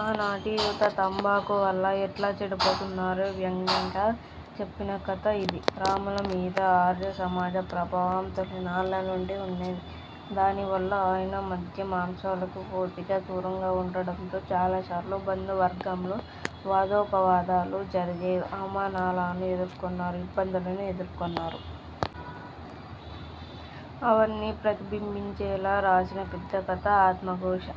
ఆనాటి యువత తంబాకు వల్ల ఎట్లా చెడిపోతున్నారో వ్యంగ్యంగా చెప్పిన కథ ఇది. రాములు మీద ఆర్య సమాజ ప్రభావం తొలినాళ్ళ నుండి ఉండేది. దానివల్ల ఆయన మద్య మాంసాలకు పూర్తిగా దూరంగా ఉండడంతో చాలాసార్లు బంధువర్గంతో వాదోపవాదాలు జరిగేవి. అవమానాలనూ ఎదుర్కొన్నారు. ఇబ్బందులను ఎదుర్కొన్నారు. అవన్నీ ప్రతిబింబించేలా రాసిన పెద్ద కథ 'ఆత్మఘోష'.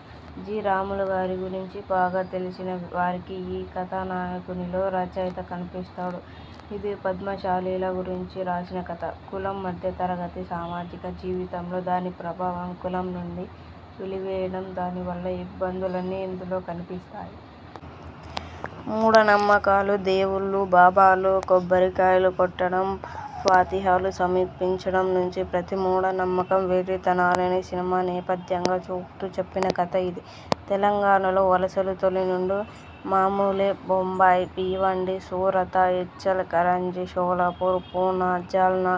జి. రాములుగారి గురించి బాగా తెలిసిన వారికి ఈ కథానాయకునిలో రచయిత కనిపిస్తాడు. ఇది పద్మశాలీల గురించి రాసిన కథ. కులం, మధ్యతరగతి సామాజిక జీవితంలో దాని ప్రభావం, కులం నుండి వెలివేయడం దాని వల్ల ఇబ్బందులన్నీ ఇందులో కనిపిస్తాయి. మూఢనమ్మకాలు, దేవుళ్ళు, బాబాలు, కొబ్బరికాయలు కొట్టడం, ఫాతిహాలు సమర్పించడం నుంచి ప్రతి మూఢ నమ్మకం, వెర్రితనాలని సినిమా నేపథ్యంగా చూపుతూ చెప్పిన కథ ఇది. తెలంగాణలో వలసలు తొలి నుండి మామూలే. బొంబాయి, బీవండి, సూరత, ఇచ్చల్ కరంజి, షోలాపూర్, పూనా, జాల్నా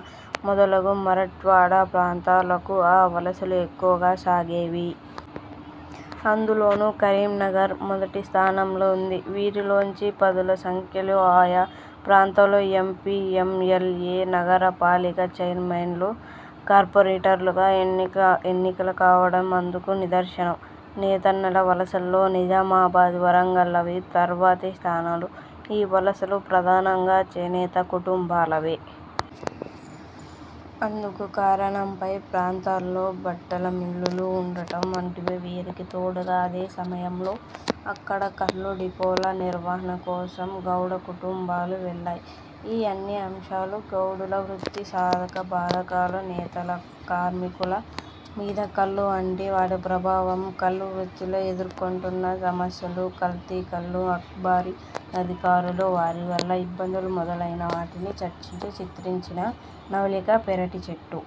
మొదలగు మరఠ్వాడా ప్రాంతాలకు ఆ వలసలు ఎక్కువగా సాగేవి. అందులోనూ కరీంనగర్ మొదటి స్థానంలో ఉంది. వీరిలోంచి పదుల సంఖ్యలో ఆయా ప్రాంతాల్లో M. P., M. L. A., నగర పాలిక చైర్మన్లు, కార్పొరేటర్లుగా ఎన్నిక కావడం అందుకు నిదర్శనం. నేతన్నల వలసల్లో నిజామాబాద్, వరంగల్లవి తర్వాతి స్థానాలు. ఈ వలసలు ప్రధానంగా చేనేత కుటుంబాలవే. అందుకు కారణం పై ప్రాంతాల్లో బట్టల మిల్లులు ఉండడం వంటివి. వీరికి తోడుగా అదే సమయంలో అక్కడ కల్లు డిపోల నిర్వహణ కోసం గౌడ కుటుంబాలు వెళ్ళాయి. ఈ అన్ని అంశాలు, గౌడుల వృత్తి, సాధక బాధకాలు, నేతల కార్మికుల మీద కల్లు వంటి వాటి ప్రభావం, కల్లు వృత్తిలో ఎదుర్కొంటున్న సమస్యలు, కల్తీకల్లు, అబ్కారీ అధికారులు, వారి వల్ల ఇబ్బందులు మొదలైన వాటిని చర్చించి చిత్రించిన నవలిక 'పెరటి చెట్టు'.